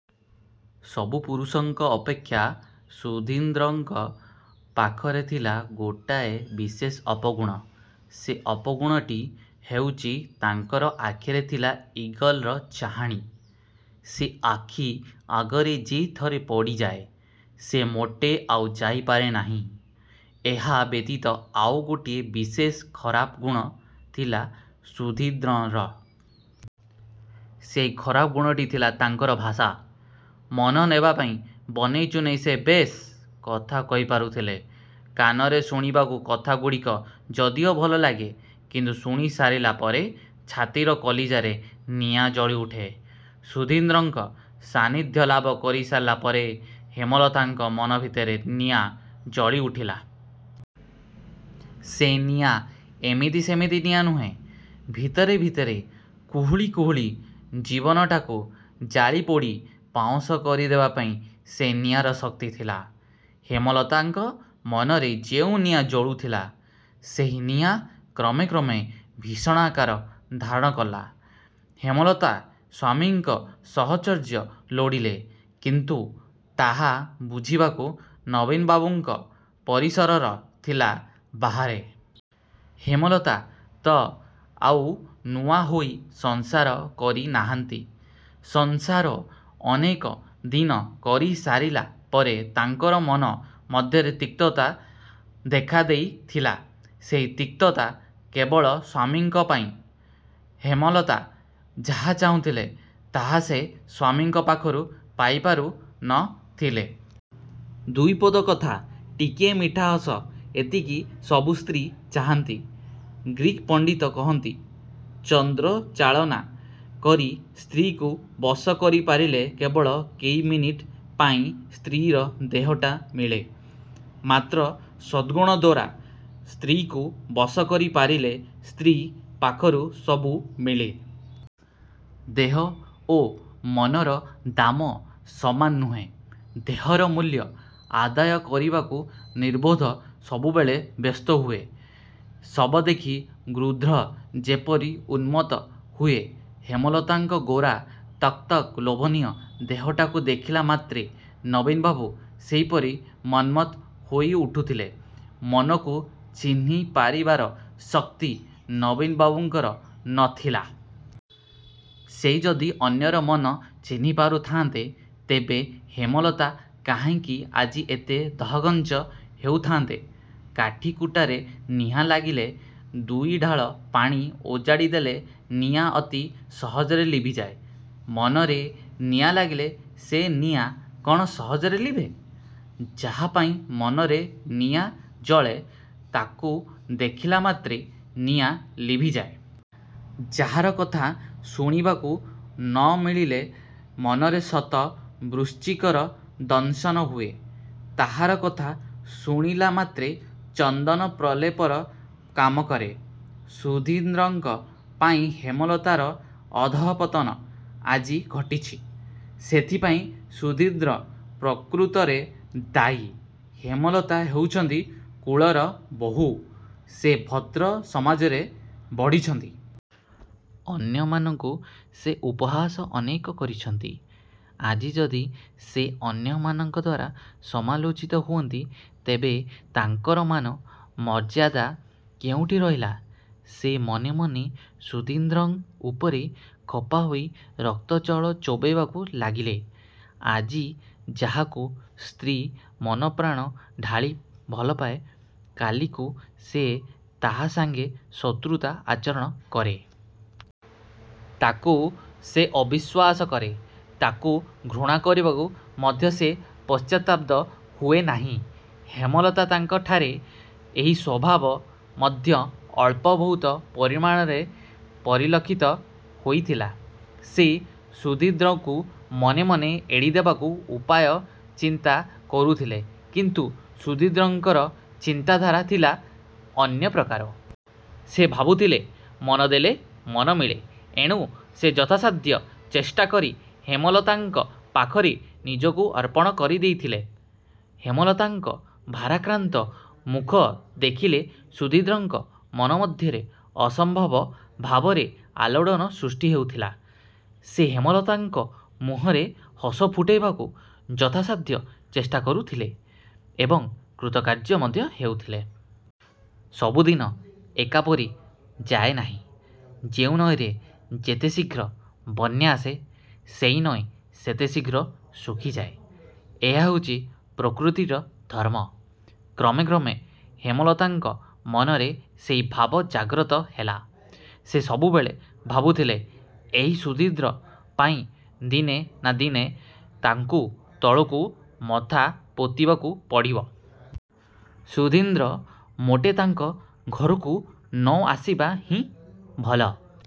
ସବୁ ପୁରୁଷଙ୍କ ଅପେକ୍ଷା ସୁଧୀନ୍ଦ୍ରଙ୍କ ପାଖରେ ଥିଲା ଗୋଟାଏ ବିଶେଷ ଅପଗୁଣ। ସେ ଅପଗୁଣଟି ହେଉଛି ତାଙ୍କର ଆଖିରେ ଥିଲା ଇଗଲର ଚାହାଣି। ସେ ଆଖି ଆଗରେ ଯେ ଥରେ ପଡ଼ିଯାଏ ସେ ମୋଟେ ଆଉ ଯାଇପାରେ ନାହିଁ। ଏହା ବ୍ୟତୀତ ଆଉ ଗୋଟାଏ ବିଶେଷ ଖରାପ ଗୁଣ ଥିଲା ସୁଧୀନ୍ଦ୍ରର। ସେହି ଖରାପ ଗୁଣଟି ଥିଲା ତାଙ୍କର ଭାଷା। ମନ ନେବାପାଇଁ ବନେଇ ଚୁନେଇ ସେ ବେଶ୍ କଥା କହିପାରୁଥିଲେ। କାନରେ ଶୁଣିବାକୁ କଥାଗୁଡ଼ିକ ଯଦିଓ ଭଲଲାଗେ; କିନ୍ତୁ ଶୁଣିସାରିଲା ପରେ ଛାତିର କଳିଜାରେ ନିଆଁ ଜଳିଉଠେ। ସୁଧୀନ୍ଦ୍ରଙ୍କ ସାନିଧ୍ୟ ଲାଭ କରିସାରିଲା ପରେ ହେମଲତାଙ୍କ ମନ ଭିତରେ ନିଆଁ ଜଳିଉଠିଲା। ସେ ନିଆଁ ଏମିତି ସେମିତି ନିଆଁ ନୁହେଁ। ଭିତରେ ଭିତରେ କୁହୁଳି କୁହୁଳି ଜୀବନଟାକୁ ଜାଳିପୋଡ଼ି ପାଉଁଶ କରିଦେବା ପାଇଁ ସେ ନିଆଁର ଶକ୍ତି ଥିଲା। ହେମଲତାଙ୍କ ମନରେ ଯେଉଁ ନିଆଁ ଜଳୁଥିଲା, ସେହି ନିଆଁ କ୍ରମେ କ୍ରମେ ଭୀଷଣ ଆକାର ଧାରଣ କଲା। ହେମଲତା ସ୍ୱାମୀଙ୍କ ସାହଚର୍ଯ୍ୟ ଲୋଡ଼ିଲେ; କିନ୍ତୁ ତାହା ବୁଝିବାକୁ ନବୀନବାବୁଙ୍କ ପରିସରର ଥିଲା ବାହାରେ। ହେମଲତା ତ ଆଉ ନୂଆ ହୋଇ ସଂସାର କରି ନାହାନ୍ତି। ସଂସାର ଅନେକ ଦିନ କରିସାରିଲା ପରେ ତାଙ୍କର ମନ ମଧ୍ୟରେ ତିକ୍ତତା ଦେଖାଦେଇଥିଲା। ସେହି ତିକ୍ତତା କେବଳ ସ୍ୱାମୀଙ୍କ ପାଇଁ। ହେମଲତା ଯାହା ଚାହୁଁଥିଲେ, ତାହା ସେ ସ୍ୱାମୀଙ୍କ ପାଖରୁ ପାଇପାରୁ ନ ଥିଲେ। ଦୁଇପଦ କଥା, ଟିକିଏ ମିଠାହସ ଏତିକି ସବୁ ସ୍ତ୍ରୀ ଚାହାଁନ୍ତି। ଗ୍ରୀକ୍ ପଣ୍ଡିତ କହନ୍ତି, ଚନ୍ଦ୍ର ଚାଳନା କରି ସ୍ତ୍ରୀକୁ ବଶ କରିପାରିଲେ କେବଳ କେଇ ମିନିଟ୍ ପାଇଁ ସ୍ତ୍ରୀର ଦେହଟା ମିଳେ। ମାତ୍ର ସଦ୍ଗୁଣଦ୍ୱାରା ସ୍ତ୍ରୀକୁ ବଶ କରିପାରିଲେ ସ୍ତ୍ରୀ ପାଖରୁ ସବୁ ମିଳେ। ଦେହ ଓ ମନର ଦାମ ସମାନ ନୁହେଁ। ଦେହର ମୂଲ୍ୟ ଆଦାୟ କରିବାକୁ ନିର୍ବୋଧ ସବୁବେଳେ ବ୍ୟସ୍ତ ହୁଏ। ଶବ ଦେଖି ଗୃଧ୍ର ଯେପରି ଉନ୍ମତ୍ତ ହୁଏ, ହେମଲତାଙ୍କ ଗୋରା ତକତକ ଲୋଭନୀୟ ଦେହଟାକୁ ଦେଖିଲା ମାତ୍ରେ ନବୀନବାବୁ ସେହିପରି ମନ୍ମତ୍ତ ହୋଇଉଠୁଥିଲେ। ମନକୁ ଚିହ୍ନିପାରିବାର ଶକ୍ତି ନବୀନବାବୁଙ୍କର ନ ଥିଲା। ସେ ଯଦି ଅନ୍ୟର ମନ ଚିହ୍ନି ପାରୁଥାନ୍ତେ, ତେବେ ହେମଲତା କାହିଁକି ଆଜି ଏତେ ଦହଗଞ୍ଜ ହେଉଥାନ୍ତେ। କାଠିକୁଟାରେ ନିଆଁ ଲାଗିଲେ ଦୁଇଢାଳ ପାଣି ଓଜାଡ଼ିଦେଲେ ନିଆଁ ଅତି ସହଜରେ ଲିଭିଯାଏ। ମନରେ ନିଆଁ ଲାଗିଲେ ସେ ନିଆଁ କ'ଣ ସହଜରେ ଲିଭେ? ଯାହାପାଇଁ ମନରେ ନିଆଁ ଜଳେ; ତାକୁ ଦେଖିଲା ମାତ୍ରେ ନିଆଁ ଲିଭିଯାଏ। ଯାହାର କଥା ଶୁଣିବାକୁ ନ ମିଳିଲେ ମନରେ ଶତ ବୃଶ୍ଚିକର ଦଂଶନ ହୁଏ, ତାହାର କଥା ଶୁଣିଲାମାତ୍ରେ ଚନ୍ଦନ ପ୍ରଲେପପରି କାମ କରେ। ସୁଧୀନ୍ଦ୍ରଙ୍କ ପାଇଁ ହେମଲତାର ଅଧଃପତନ ଆଜି ଘଟିଛି। ସେଥିପାଇଁ ସୁଧୀନ୍ଦ୍ର ପ୍ରକୃତରେ ଦାୟୀ। ହେମଲତା ହେଉଛନ୍ତି କୁଳର ବୋହୂ। ସେ ଭଦ୍ର ସମାଜରେ ବଢ଼ିଛନ୍ତି। ଅନ୍ୟମାନଙ୍କୁ ସେ ଉପହାସ ଅନେକ କରିଛନ୍ତି। ଆଜି ଯଦି ସେ ଅନ୍ୟମାନଙ୍କଦ୍ୱାରା ସମାଲୋଚିତ ହୁଅନ୍ତି, ତେବେ ତାଙ୍କର ମାନ, ମର୍ଯ୍ୟାଦା କେଉଁଠି ରହିଲା? ସେ ମନେମନେ ସୁଧୀନ୍ଦ୍ର ଉପରେ ଖପାହୋଇ ରକ୍ତଚାଉଳ ଚୋବାଇବାକୁ ଲାଗିଲେ। ଆଜି ଯାହାକୁ ସ୍ତ୍ରୀ ମନପ୍ରାଣ ଢାଳି ଭଲପାଏ, କାଲିକୁ ସେ ତାହା ସଙ୍ଗେ ଶତ୍ରୁତା ଆଚରଣ କରେ। ତାକୁ ସେ ଅବିଶ୍ୱାସ କରେ। ତାକୁ ଘୃଣା କରିବାକୁ ମଧ୍ୟ ସେ ପଶ୍ଚାତ୍ପଦ ହୁଏ ନାହିଁ। ହେମଲତାଙ୍କଠାରେ ଏହି ସ୍ୱଭାବ ମଧ୍ୟ ଅଳ୍ପ ବହୁତ ପରିମାଣରେ ପରିଲକ୍ଷିତ ହୋଇଥିଲା। ସେ ସୁଧୀନ୍ଦ୍ରକୁ ମନେମନେ ଏଡ଼ିଦେବାକୁ ଉପାୟ ଚିନ୍ତା କରୁଥିଲେ। କିନ୍ତୁ ସୁଧୀନ୍ଦ୍ରଙ୍କର ଚିନ୍ତାଧାରା ଥିଲା ଅନ୍ୟପ୍ରକାର। ସେ ଭାବୁଥିଲେ ମନ ଦେଲେ ମନ ମିଳେ। ଏଣୁ ସେ ଯଥାସାଧ୍ୟ ଚେଷ୍ଟାକରି ହେମଲତାଙ୍କ ପାଖରେ ନିଜକୁ ଅର୍ପଣ କରିଦେଇଥିଲେ। ହେମଲତାଙ୍କ ଭାରାକ୍ରାନ୍ତ ମୁଖ ଦେଖିଲେ ସୁଧୀନ୍ଦ୍ରଙ୍କ ମନ ମଧ୍ୟରେ ଅସମ୍ଭବ ଭାବରେ ଆଲୋଡ଼ନ ସୃଷ୍ଟି ହେଉଥିଲା। ସେ ହେମଲତାଙ୍କ ମୁହଁରେ ହସଫୁଟାଇବାକୁ ଯଥାସାଧ୍ୟ ଚେଷ୍ଟା କରୁଥିଲେ ଏବଂ କୃତକାର୍ଯ୍ୟ ମଧ୍ୟ ହେଉଥିଲେ। ସବୁଦିନ ଏକାପରି ଯାଏନାହିଁ। ଯେଉଁ ନଈରେ ଯେତେ ଶୀଘ୍ର ବନ୍ୟା ଆସେ, ସେହି ନଈ ସେତେ ଶୀଘ୍ର ଶୁଖିଯାଏ। ଏହା ହେଉଛି ପ୍ରକୃତିର ଧର୍ମ। କ୍ରମେ କ୍ରମେ ହେମଲତାଙ୍କ ମନରେ ସେହି ଭାବ ଜାଗ୍ରତ ହେଲା। ସେ ସବୁବେଳେ ଭାବୁଥିଲେ ଏହି ସୁଧୀନ୍ଦ୍ର ପାଇଁ ଦିନେ ନା ଦିନେ ତାଙ୍କୁ ତଳକୁ ମଥା ପୋତିବାକୁ ପଡ଼ିବ। ସୁଧୀନ୍ଦ୍ର ମୋଟେ ତାଙ୍କ ଘରକୁ ନ ଆସିବା ହିଁ ଭଲ।